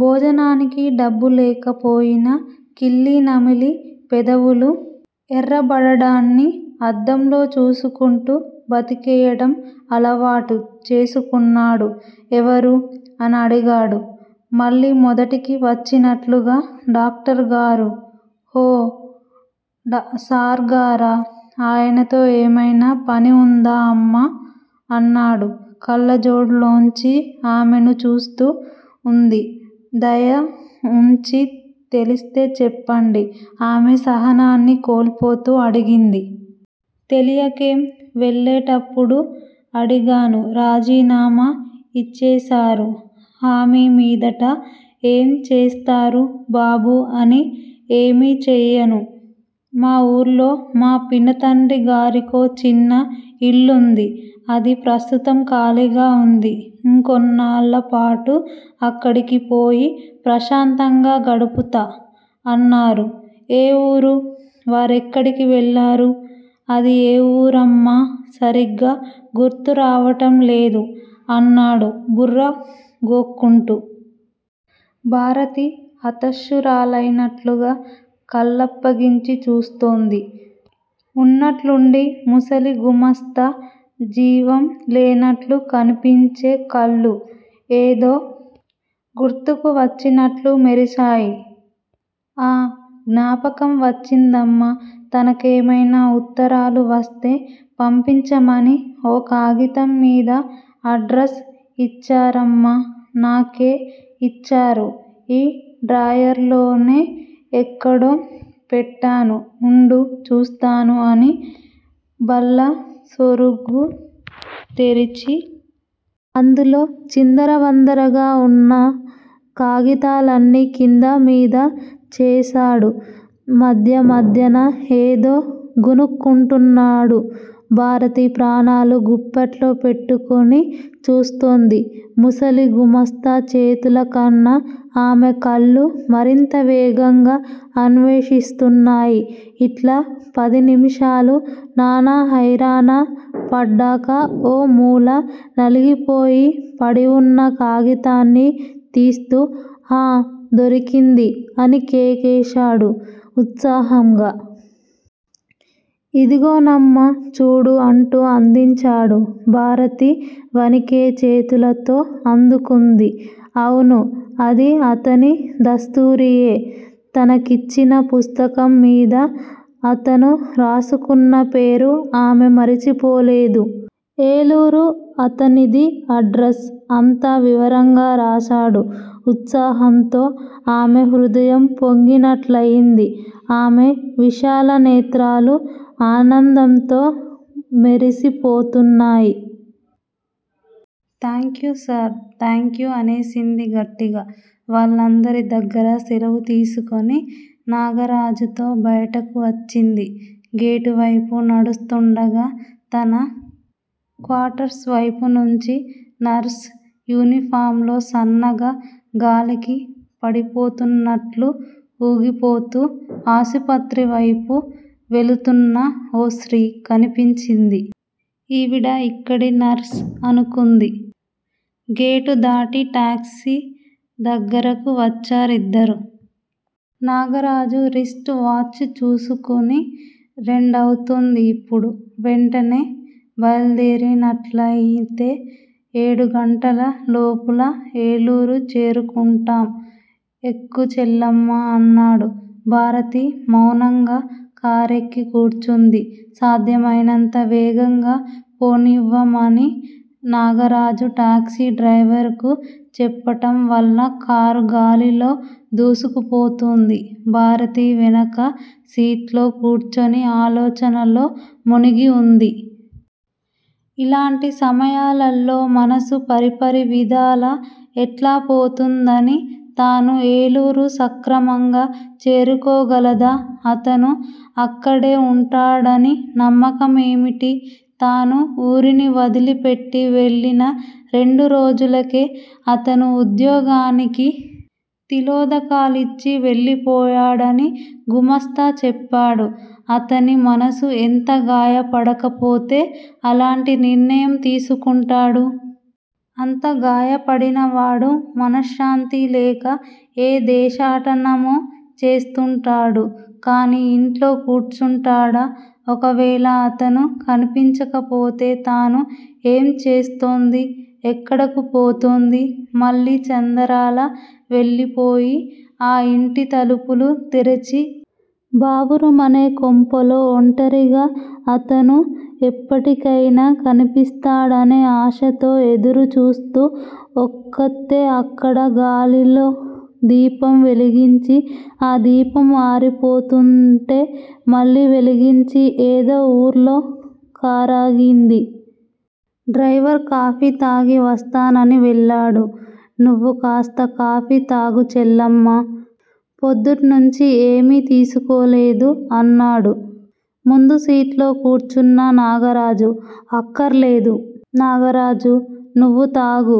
భోజనానికి డబ్బు లేకపోయినా కిళ్ళీ నమిలి పెదవులు ఎర్రబడడాన్ని అద్దంలో చూసుకుంటూ బతికేయడం అలవాటు చేసుకున్నాడు. ఎవరు? అనడిగాడు మళ్ళీ మొదటికి వచ్చినట్లుగా. డాక్టరుగారు ఓ! సార్ గారా? ఆయనతో ఏమయినా పని ఉందా, అమ్మా? అన్నాడు కళ్ళజోడులోంచి ఆమెను చూస్తూ. ఉంది దయ ఉంచి తెలిస్తే చెప్పండి ఆమె సహనాన్ని కోల్పోతూ అడిగింది. తెలియకేం? వెళ్ళేటప్పుడు అడిగాను. రాజీనామా ఇచ్చేశారు! హమీ మీదట ఏం చేస్తారు బాబూ అని. 'ఏమీ చెయ్యను! మా వూళో మా పినతండ్రిగారికో చిన్న ఇల్లుంది. అది ప్రస్తుతం ఖాళీగా వుంది. కొన్నాళ్ళపాటూ అక్కడికిపోయి ప్రశాంతంగా గడుపుతా' అన్నారు. ఏ వూరు? వారెక్కడికి వెళ్ళారు? అదీ ఏ వూరుమ్మా సరిగ్గా గుర్తురావటంలేదు అన్నాడు బుర్ర గోక్కుంటూ. భారతి హతాశురాలైనట్లుగా కళ్ళప్పగించి చూస్తూంది. ఉన్నట్లుండి ముసలి గుమాస్తా జీవం లేనట్లు కనిపించే కళ్ళు. ఏదో గుర్తుకువచ్చినట్లు మెరిశాయి. ఆఁ జ్ఞాపకం వచ్చిందమ్మా తనకేమైనా ఉత్తరాలు వస్తే పంపించమని ఓ కాగితంమీద అడ్రస్ ఇచ్చారమ్మా నాకే ఇచ్చారు. ఈ డ్రాయరులోనే ఎక్కడో పెట్టాను ఉండు చూస్తాను అని బల్ల సొరుగు తెరిచి. అందులో చిందరవందరగా ఉన్న కాగితాలన్నీ కిందా మీదా చేశాడు. మధ్య మధ్యన యేదో గొణుక్కుంటున్నాడు. భారతి ప్రాణాలు గుప్పెట్లో పెట్టుకుని చూస్తూంది. ముసలి గుమాస్తా చేతులకన్నా ఆమె కళ్ళు మరింత వేగంగా అన్వేషిస్తున్నాయి. ఇట్లా పది నిమిషాలు నానా హైరానా పడ్డాక. ఓ మూల నలిగిపోయి పడివున్న కాగితాన్ని తీస్తూ ఆఁ, దొరికింది అని కేకేశాడు ఉత్సాహంగా. ఇదిగోనమ్మా! చూడు అంటూ అందిచ్చాడు. భారతి వణికే చేతులతో అందుకుంది. అవును, అది అతని దస్తూరీయే! తనకిచ్చిన పుస్తకంమీద అతను రాసుకున్న పేరు ఆమె మరిచిపోలేదు. ఏలూరు అతనిది. అడ్రస్ అంతా వివరంగా రాశాడు. ఉత్సాహంతో ఆమె హృదయం పొంగినట్లయింది. ఆమె విశాల నేత్రాలు ఆనందంతో మెరిసిపోతున్నాయి. థాంక్యూ సర్ థాంక్యూ అనేసింది గట్టిగా. వాళ్ళందరి దగ్గరా సెలవు తీసుకుని నాగరాజుతో బయటకు వచ్చింది. గేటువైపు నడుస్తూండగా తన క్వార్టర్స్ వైపునుంచి నర్సు యూనిఫాంలో సన్నగా, గాలికి పడిపోతున్నట్లు వూగిపోతూ. ఆసుపత్రివైపు వెళ్ళుతూన్న ఓ స్త్రీ కనిపించింది. ఈవిడా ఇక్కడి నర్స్? అనుకుంది. గేటు దాటి టాక్సీ దగ్గరకు వచ్చారిద్దరూ. నాగరాజు రిస్ట్ వాచ్ చూసుకోని, రెండవుతూంది ఇప్పుడు. వెంటనే బయల్దేరినట్లయితే ఏడుగంటల లోపుల ఏలూరు చేరుకుంటాం. ఎక్కు చెల్లెమ్మా అన్నాడు. భారతి మౌనంగా కారెక్కి కూర్చుంది. సాధ్యమైనంత వేగంగా పోనివ్వమని నాగరాజు టాక్సీ డ్రైవరుకు చెప్పటం వల్ల కారు గాలిలో దూసుకుపోతూంది. భారతి వెనక సీట్లో కూర్చుని ఆలోచనలలో మునిగి ఉంది. ఇలాంటి సమయాలల్లో మనస్సు పరిపరివిధాల ఎట్లా పోతుందని!!! తాను ఏలూరు సక్రమంగా చేరుకోగలదా? అతను అక్కడే వుంటాడని నమ్మకమేమిటి? తాను ఊరిని వదిలిపెట్టి వెళ్ళిన రెండు రోజులకే అతనూ ఉద్యోగానికి తిలోదకాలిచ్చి వెళ్ళిపోయాడని గుమాస్తా చెప్పాడు. అతని మనసు ఎంత గాయపడకపోతే అలాంటి నిర్ణయం తీసుకుంటాడు! అంత గాయపడినవాడు, మనశ్శాంతి లేక ఏ దేశాటనమో చేస్తూంటాడు కానీ ఇంట్లో కూర్చుంటాడా? ఒకవేళ అతను కనిపించకపోతే తాను ఏం చేస్తుంది? ఎక్కడకు పోతుంది? మళ్ళీ చందరాల వెళ్ళిపోయి, ఆ ఇంటి తలుపులు తెరిచి బావురుమనే కొంపలో ఒంటరిగా, అతను ఎప్పటికైనా కనిపిస్తాడనే ఆశతో ఎదురు చూస్తూ ఒక్కతే అక్కడ గాలిలో దీపం వెలిగించి, ఆ దీపం ఆరిపోతుంటే మళ్ళీ వెలిగించి ఏదో ఊళ్లో కారాగింది. డ్రైవరు కాఫీ తాగి వస్తానని వెళ్ళాడు. నువ్వు కాస్త కాఫీ తాగు చెల్లెమ్మా. పొద్దుటినుంచీ ఏమీ తీసుకోలేదు అన్నాడు ముందుసీట్లో కూర్చున్న నాగరాజు. అక్కర్లేదు నాగరాజూ! నువ్వు తాగు.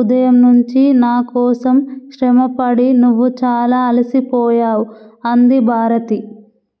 ఉదయం నుంచి నా కోసం శ్రమపడి, నువ్వు చాలా అలిసిపోయావు అంది భారతి